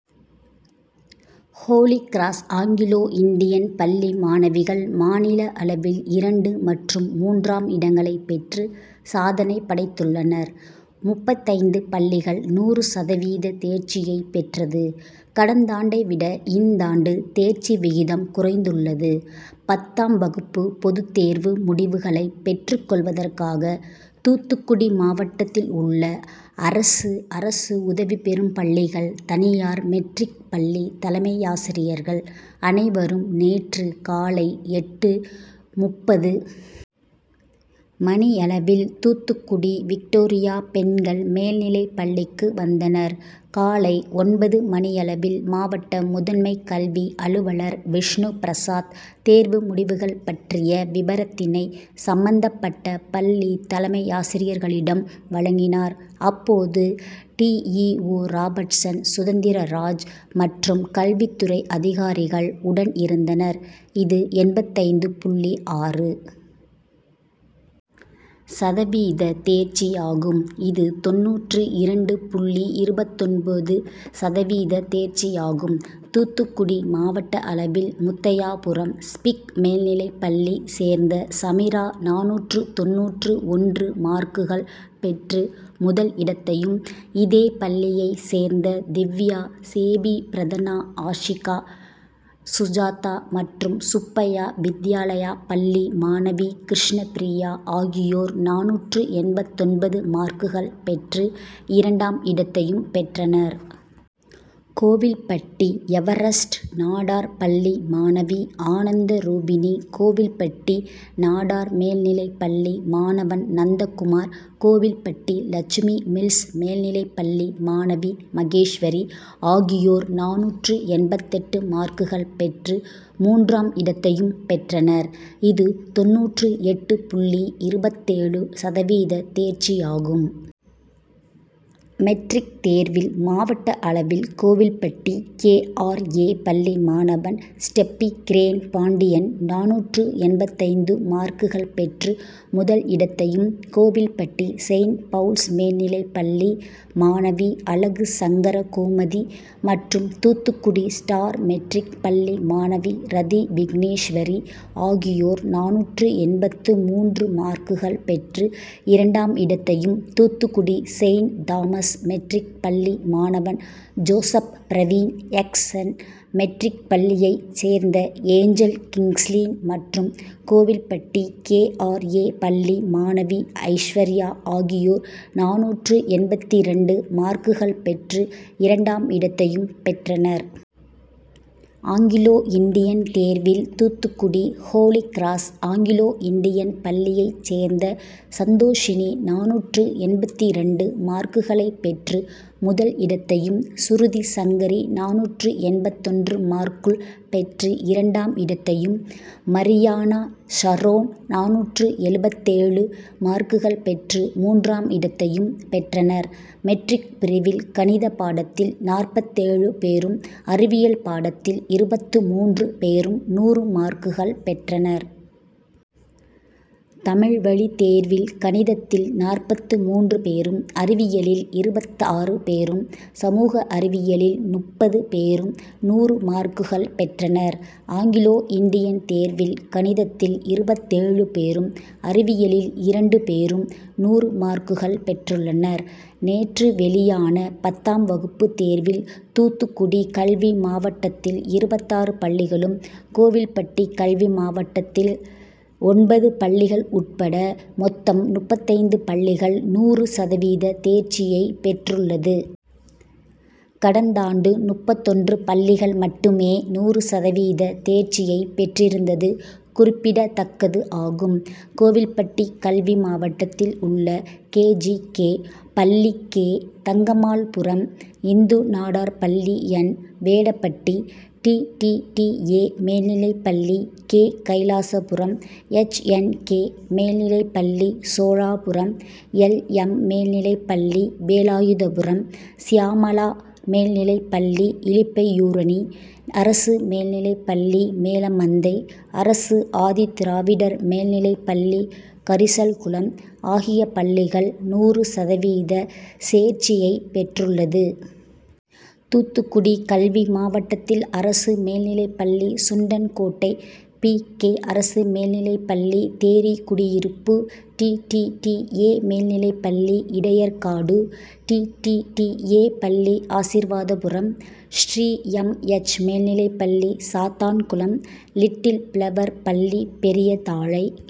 Holy Cross Anglo Indian பள்ளி மாணவிகள் மாநில அளவில் இரண்டு மற்றும் மூன்றாம் இடங்களை பெற்று சாதனை படைத்துள்ளனர். முப்பத்தைந்து பள்ளிகள் நூறு சதவீத தேர்ச்சியை பெற்றது. கடந்தாண்டை விட இந்தாண்டு தேர்ச்சி விகிதம் குறைந்துள்ளது. பத்தாம் வகுப்பு பொதுத்தேர்வு முடிவுகளை பெற்றுக் கொள்வதற்காக தூத்துக்குடி மாவட்டத்தில் உள்ள அரசு, அரசு உதவி பெறும் பள்ளிகள், தனியார் மெட்ரிக் பள்ளி தலைமையாசிரியர்கள் அனைவரும் நேற்று காலை எட்டு.முப்பது மணியளவில் தூத்துக்குடி விக்டோரியா பெண்கள் மேல்நிலை பள்ளிக்கு வந்தனர். காலை ஒன்பது மணியளவில் மாவட்ட முதன்மை கல்வி அலுவலர் விஷ்ணுபிரசாத் தேர்வு முடிவுகள் பற்றிய விபரத்தினை சம்பந்தப்பட்ட பள்ளி தலைமையாசிரியர்களிடம் வழங்கினார். அப்போது டிஇஓ ராபர்ட்சன் சுதந்திரராஜ் மற்றும் கல்வித்துறை அதிகாரிகள் உடன் இருந்தனர். இது எண்பத்தைந்து புள்ளி .ஆறு சதவீத தேர்ச்சியாகும். இது தொண்ணூற்று இரண்டு புள்ளி இருபத்தொன்பது சதவீத தேர்ச்சியாகும். தூத்துக்குடி மாவட்ட அளவில் முத்தையாபுரம் ஸ்பிக் மேல்நிலைப்பள்ளி சேர்ந்த சமிரா நானூற்று தொண்ணூற்று ஒன்று மார்க்குகள் பெற்று முதல் இடத்தையும், இதே பள்ளியைச் சேர்ந்த திவ்யா, சேபிபிரதனாஆசிகா, சுஜாதா மற்றும் சுப்பையா வித்யாலயா பள்ளி மாணவி கிருஷ்ணபிரியா ஆகியோர் நானூற்று எண்பத்தொன்பது மார்க்குகள் பெற்று இரண்டாம் இடத்தையும் பெற்றனர். கோவில்பட்டி எவரெஸ்ட் நாடார் பள்ளி மாணவி ஆனந்த ரூபிணி, கோவில்பட்டி நாடார் மேல்நிலைப்பள்ளி மாணவன் நந்தகுமார், கோவில்பட்டி லட்சுமி மில்ஸ் மேல்நிலைப்பள்ளி மாணவி மகேஸ்வரி ஆகியோர் நானூற்று எண்பத்தெட்டு மார்க்குகள் பெற்று மூன்றாம் இடத்தையும் பெற்றனர். இது தொண்ணூற்று எட்டு புள்ளி இருபத்தேழு சதவீத தேர்ச்சியாகும். மெட்ரிக் தேர்வில் மாவட்ட அளவில் கோவில்பட்டி கேஆர்ஏ பள்ளி மாணவன் ஸ்டெப்பிகிரேன்பாண்டியன் நானூற்று எண்பத்தைந்து மார்க்குகள் பெற்று முதல் இடத்தையும், கோவில்பட்டி செயிண்ட் பவுல்ஸ் மேல்நிலைப்பள்ளி மாணவி அழகுசங்கரகோமதி மற்றும் தூத்துக்குடி ஸ்டார் மெட்ரிக் பள்ளி மாணவி ரதிவிக்னேஸ்வரி ஆகியோர் நானூற்று எண்பத்து மூன்று மார்க்குகள் பெற்று இரண்டாம் இடத்தையும், தூத்துக்குடி செயிண்ட் தாமஸ் மெட்ரிக் பள்ளி மாணவன் ஜோசப் பிரவீன், எக்ஸ்என் மெட்ரிக் பள்ளியைச் சேர்ந்த ஏஞ்சல் கிங்ஸ்லீன், மற்றும் கோவில்பட்டி கேஆர்ஏ பள்ளி மாணவி ஐஸ்வர்யா ஆகியோர் நானூற்று எண்பத்திரண்டு மார்க்குகள் பெற்று இரண்டாம் இடத்தையும் பெற்றனர். ஆங்கிலோ இண்டியன் தேர்வில் தூத்துக்குடி ஹோலிகிராஸ் ஆங்கிலோ இண்டியன் பள்ளியைச் சேர்ந்த சந்தோஷிணி நானூற்று எண்பத்திரண்டு மார்க்குளை பெற்று முதல் இடத்தையும், சுருதிசங்கரி நானூற்று எண்பத்தொன்று மார்க்குள் பெற்று இரண்டாம் இடத்தையும், மரியானாஷரோன் நானூற்று எழுபத்தேழு மார்க்குகள் பெற்று மூன்றாம் இடத்தையும் பெற்றனர். மெட்ரிக் பிரிவில் கணித பாடத்தில் நாற்பத்தேழு பேரும், அறிவியல் பாடத்தில் இருபத்து மூன்று பேரும் நூறு மார்க்குகள் பெற்றனர். தமிழ்வழி தேர்வில் கணிதத்தில் நாற்பத்து மூன்று பேரும், அறிவியலில் இருபத்தாறு பேரும், சமூக அறிவியலில் முப்பது பேரும் நூறு மார்க்குகள் பெற்றனர், ஆங்கிலோ இண்டியன் தேர்வில் கணிதத்தில் இருபத்தேழு பேரும், அறிவியலில் இரண்டு பேரும் நூறு மார்க்குகள் பெற்றுள்ளனர். நேற்று வெளியான பத்தாம் வகுப்பு தேர்வில் தூத்துக்குடி கல்வி மாவட்டத்தில் இருபத்தாறு பள்ளிகளும், கோவில்பட்டி கல்வி மாவட்டத்தில் ஒன்பது பள்ளிகள் உட்பட மொத்தம் முப்பத்தைந்து பள்ளிகள் நூறு சதவீத தேர்ச்சியை பெற்றுள்ளது. கடந்தாண்டு முப்பத்தொன்று பள்ளிகள் மட்டுமே நூறு சதவீத தேர்ச்சியை பெற்றிருந்தது குறிப்பிடதக்கது ஆகும். கோவில்பட்டி கல்வி மாவட்டத்தில் உள்ள கேஜிகே., பள்ளி கே. தங்கம்மாள்புரம், இந்துநாடார் பள்ளி என். வேடபட்டி, டிடிடிஏ., மேல்நிலைப்பள்ளி கே. கைலாசபுரம், எச்என்கே., மேல்நிலைப்பள்ளி சோழாபுரம், எல். எம்., மேல்நிலைப்பள்ளி வேலாயுதபுரம், சியாமளா மேல்நிலைப்பள்ளி இலுப்பையூரணி, அரசு மேல்நிலைப்பள்ளி மேலமந்தை, அரசு ஆதிதிராவிடர் மேல்நிலைப்பள்ளி கரிசல்குளம் ஆகிய பள்ளிகள் நூறு சதவீத சேர்ச்சியை பெற்றுள்ளது. தூத்துக்குடி கல்வி மாவட்டத்தில் அரசு மேல்நிலைப்பள்ளி சுண்டன்கோட்டை, பி. கே. அரசு மேல்நிலைப்பள்ளி தேரிகுடியிருப்பு, டிடிடிஏ மேல்நிலைப்பள்ளி இடையர்காடு, டிடிடிஏ., பள்ளி ஆசிர்வாதபுரம், ஸ்ரீ எம். எச். மேல்நிலைப்பள்ளி சாத்தான்குளம், லிட்டில் பிளவர் பள்ளி பெரியதாழை,